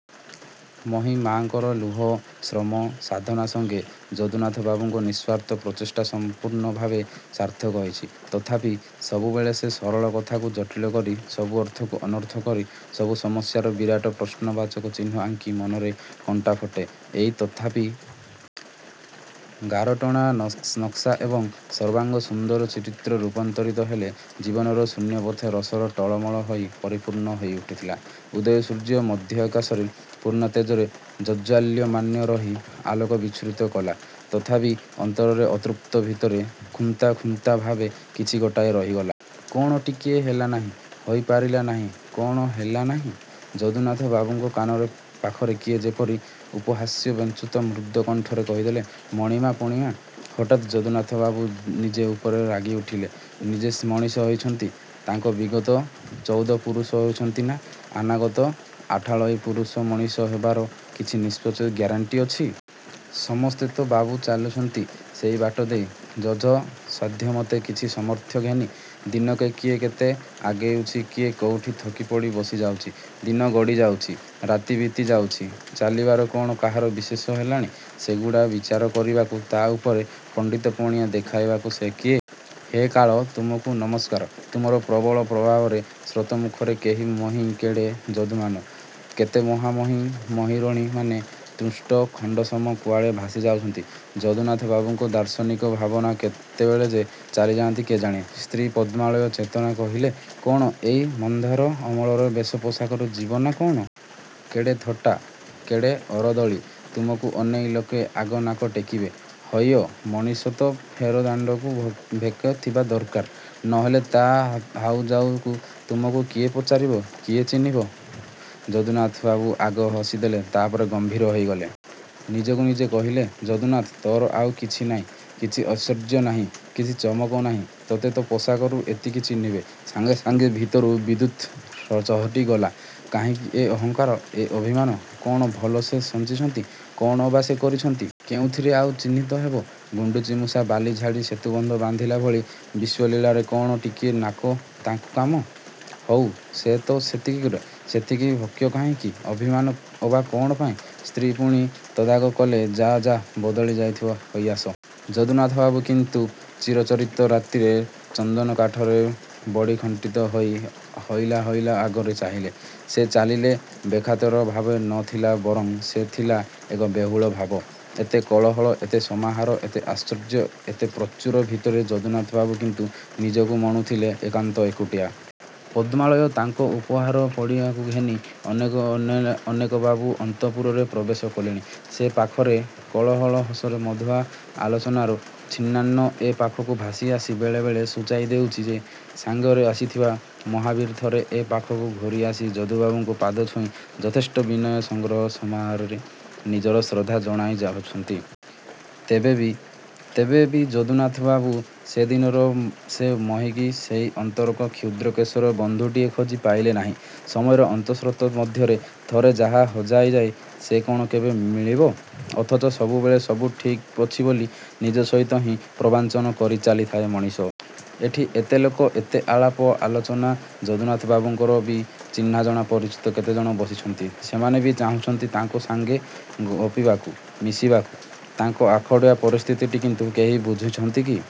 ମହୀ ମାଆଙ୍କର ଲୁହ, ଶ୍ରମ, ସାଧନା ସଙ୍ଗେ ଯଦୁନାଥ ବାବୁଙ୍କ ନିସ୍ୱାର୍ଥ ପ୍ରଚେଷ୍ଟା ସମ୍ପୂର୍ଣ୍ଣ ଭାବେ ସାର୍ଥକ ହୋଇଛି...। ତଥାପି...। ସବୁବେଳେ, ସବୁ ସରଳ କଥାକୁ ଜଟିଳ କରି, ସବୁ ଅର୍ଥକୁ ଅନର୍ଥ କରି, ସବୁ ସମସ୍ୟାରେ ବିରାଟ ପ୍ରଶ୍ନବାଚକ ଚିହ୍ନ ଆଙ୍କି ମନରେ କଣ୍ଟା ଫୋଡ଼େ, ଏଇ ତଥାପି। ଗାରଟଣା ନକ୍ସା ଏକ ସର୍ବାଙ୍ଗ ସୁନ୍ଦର ଚିତ୍ରରେ ରୂପାନ୍ତରିତ ହେଲା। ଜୀବନର ଶୂନ୍ୟପାତ୍ର ରସରେ ଟଳମଳ ହେଇ ପରିପୂର୍ଣ୍ଣ ହୋଇଉଠିଲା। ଉଦୟ ସୂର୍ଯ୍ୟ ମଧ୍ୟାକାଶରେ, ପୂର୍ଣ୍ଣ ତେଜରେ ଜାଜ୍ଜ୍ୱଲ୍ୟମାନ ରହି ଆଲୋକ ବିଚ୍ଛୁରିତ କଲା। ତେବେ'ବି ଅନ୍ତରରେ ଅତୃପ୍ତି, ଭିତରେ ଖୁଂତ୍ ଖୁଂତ୍ ଭାବ। କିଛି ଗୋଟାଏ ରହିଗଲା। କ'ଣ ଟିକିଏ ହେଲାନାହିଁ। ହୋଇପାରିଲା ନାହିଁ। କ'ଣ ହେଲା ନାହିଁ? ଯଦୁନାଥ ବାବୁଙ୍କ କାନ ପାଖରେ କିଏ ଯେପରି ଉପହାସବ୍ୟଞ୍ଜିତ ମୃଦୁ କଣ୍ଠରେ କହିଦେଲା– ମଣିଷ ପଣିଆ...। ହଠାତ୍ ଯଦୁନାଥବାବୁ ନିଜ ଉପରେ ରାଗିଉଠିଲେ, ନିଜେ ସେ ମଣିଷ ହେଇଛନ୍ତି, ତାଙ୍କ ବିଗତ ଚୌଦପୁରୁଷ ହେଇଛନ୍ତି ନାଁ ଅନାଗତ ଅଠାଳୋଇ ପୁରୁଷ ମଣିଷ ହବାର କିଛି ନିଶ୍ଚିତ ଗ୍ୟାରେଣ୍ଟି ଅଛି? ସମସ୍ତେ ତ ବାବୁ, ଚାଲିଛନ୍ତି ସେଇ ବାଟ ଦେଇ ଜେଝା ସାଧ୍ୟମତେ, କିଛି ସାମର୍ଥ୍ୟ ଘେନି। ଦିନକେ କିଏ କେତେ ଆଗୋଉଛି, କିଏ କୋଉଠି ଥକିପଡ଼ି ବସିଯାଉଛି। ଦିନ ଗଡ଼ିଯାଉଛି। ରାତି ବିତି ଯାଉଛି। ଚାଲିବାର କ'ଣ କାହାରି ବିଶେଷ ହେଲାଣି? ସେଗୁଡ଼ା ବିଚାର କରିବାକୁ, ତା' ଉପରେ ପଣ୍ଡିତପଣିଆ ଦେଖାଇବାକୁ ସେ କିଏ? 'ହେ କାଳ ତୁମକୁ ନମସ୍କାର। ' ତୁମର ପ୍ରବଳ ପ୍ରବହମାନ ଶ୍ରୋତମୂଖରେ କେତେ ମହୀ, କେଡ଼େ ଯଦୁନାଥ, କେତେ ମହା ମହା ମହୀଋହ ମାନ ତୃଣ ଖଣ୍ଡସମ କୁଆଡ଼େ ଭାସିଯାଉଛନ୍ତି। ଯଦୁନାଥ ବାବୁଙ୍କ ଦାର୍ଶନିକ ଭାବନା କେତେବେଳ ଯାଏ ଚାଲିଥା'ନ୍ତା କେଜାଣି, ସ୍ତ୍ରୀ ପଦ୍ମାଳୟା ଚେତାଇ କହିଲେ ''କ'ଣ ଏଇ ମାନ୍ଧାତା ଅମଳର ବେଶ ପୋଷାକରେ ଯିବ ନା କ'ଣ? କେଡ଼େ ଥାଟ୍ଟ, କେଡ଼େ ଆରୋଦଳୀ, ତୁମକୁ ଅନେଇ ଲୋକେ ଆଗ ନାକ ଟେକିବେ। '' ହଇଓ ମଣିଷର ତ ଫେର ଦାଣ୍ଡକୁ ଭେକ ଥିବା ଦରକାର। ନ ହେଲେ ସେ ହାଉଯାଉରେ ତମକୁ କିଏ ପଚାରିବ, କିଏ ଚିହ୍ନିବ? ଯଦୁନାଥବାବୁ ଆଗ ହସିଦେଲେ ତା'ପରେ ଗମ୍ଭୀର ହୋଇଗଲେ। ନିଜକୁ ନିଜେ କହିଲେ ''ଯଦୁନାଥ ତୋର ଆଉ କିଛି ନାହିଁ, କିଛି ଐଶ୍ୱର୍ଯ୍ୟ ନାହିଁ, କିଛି ଚମକ ନାହିଁ। ତୋତେ ତୋ ପୋଷାକରୁ ଏଣିକି ଚିହ୍ନିବେ। '' ସାଙ୍ଗେ ସାଙ୍ଗେ ଭିତରେ ବିଦ୍ୟୁତ୍ ଚହଟିଗଲା। କାହିଁକି ଏ ଅହଙ୍କାର? ଏ ଅଭିମାନ? କ'ଣ ଭଲା। ସେ ସଞ୍ଚିଛନ୍ତି, କ'ଣ ଅବା ସେ କରିଛନ୍ତି? କେଉଁଥିରେ ଆଉ ଚିହ୍ନିତ ହେବେ? ଗୁଣ୍ଡୁଚିମୂଷା ବାଲି ଝାଡ଼ି ସେତୁବନ୍ଧ ବାନ୍ଧିଲା ଭଳି, ବିଶ୍ୱଲୀଳାରେ କ'ଣ ଟିକିଏ ନାକୁ ତାଙ୍କ କାମ। ହଉ ସେ ତ ସେତିକିରେ। ସେଥିକି କ୍ଷୋଭ କାହିଁକି, ଅଭିମାନ ଅବା କ'ଣ ପାଇଁ? ସ୍ତ୍ରୀ ପୁଣି ତାଗଦା କଲେ ଯାଅ ଯାଅ ବଦଳାବଦଳି ହୋଇଆସ। ଯଦୁନାଥବାବୁ କିନ୍ତୁ ଚିରାଚରିତ ରୀତିରେ ଚନ୍ଦନକାଠର ବାଡ଼ିଖଣ୍ଡିକ ହଲାଇ ହଲାଇ ଆଗକୁ ଚାଲିଲେ। ସେ ଚାଲିଲେ ବେଖାତିର ଭାବ ନ ଥିଲା ବଂର ଥିଲା ଏକ ବିହ୍ୱଳ ଭାବ। ଏତେ କୋଳାହଳ, ଏତେ ସମାରୋହ ଏତେ ଐଶ୍ୱର୍ଯ୍ୟ, ଏତେ ପ୍ରାଚୁର୍ଯ୍ୟ ଭିତରେ ଯଦୁନାଥବାବୁ କିନ୍ତୁ ନିଜକୁ ମଣୁଥିଲେ ଏକାନ୍ତ ଏକୁଟିଆ। ପଦ୍ମାଳୟା ତାଙ୍କ ଉପହାର ପୁଡ଼ିଆଟି ଘେନି ଅନେକବେଳୁ ଅନ୍ତଃପୁରରେ ପ୍ରବେଶ କଲେଣି। ସେ ପାଖରେ କଳ କଳ ହସ ମଧୁର ଆଳାପ ଆଲୋଚନାର ଛିନ୍ନାଂଶ ଏ ପାଖକୁ ଭାସି ଆସି ବେଳେ ବେଳେ ସୂଚେଇ ଦେଉଚି, ସେ ସାଙ୍ଗରେ ଆସିଥିଲେ। ମହୀବାବୁ ଥରେ, ଏ ପାଖକୁ ଘୂରିଆସି ଯଦୁବାବୁଙ୍କ ପାଦ ଛୁଇଁ ଯଥେଷ୍ଟ ବିନୟ ସଂଭ୍ରମ ସହକାରେ ନିଜର ଶ୍ରଦ୍ଧା ଜଣେଇ ଯାଇଛନ୍ତି। ତେବେ ବି? ତେବେ ବି ଯଦୁନାଥବାବୁ ସେ ଦିନର ସେ ମହୀକି, ସେଇ ଅନ୍ତରଙ୍ଗ କ୍ଷୁଦ୍ର କିଶୋର ବନ୍ଧୁଟିକି ଖୋଜି ପାଇଲେ ନାହିଁ। ସମୟର ଅନ୍ତଃଶ୍ରୋତ ମଧ୍ୟରେ ଥରେ ଯାହା ହଜିଯାଏ, ସେ କ'ଣ କେବେ ବି ମିଳେନା-? ଅଥଚ ସବୁବେଳେ ସବୁ ଠିକ୍ ଅଛି ବୋଲି, ନିଜ ସହିତ ହିଁ ପ୍ରବଞ୍ଚନା କରିଚାଲିଥାଏ ମଣିଷ। ଏଠି ଏତେ ଲୋକ ଏତେ ଆଳାପ... ଆଲୋଚନା, ଯଦୁନାଥବାବୁଙ୍କର ବି ଚିହ୍ନାଜଣା ପରିଚିତ କେତେଜଣ ବସିଛନ୍ତି। ସେମାନେ ବି ଚାହିଁଛନ୍ତି ତାଙ୍କ ସଙ୍ଗେ ଗପିବାକୁ, ମିଶିବାକୁ। ତାଙ୍କ ଅଖାଡ଼ୁଆ ପରିସ୍ଥିତିଟି କିନ୍ତୁ କେହି ବୁଝୁଛନ୍ତି କି?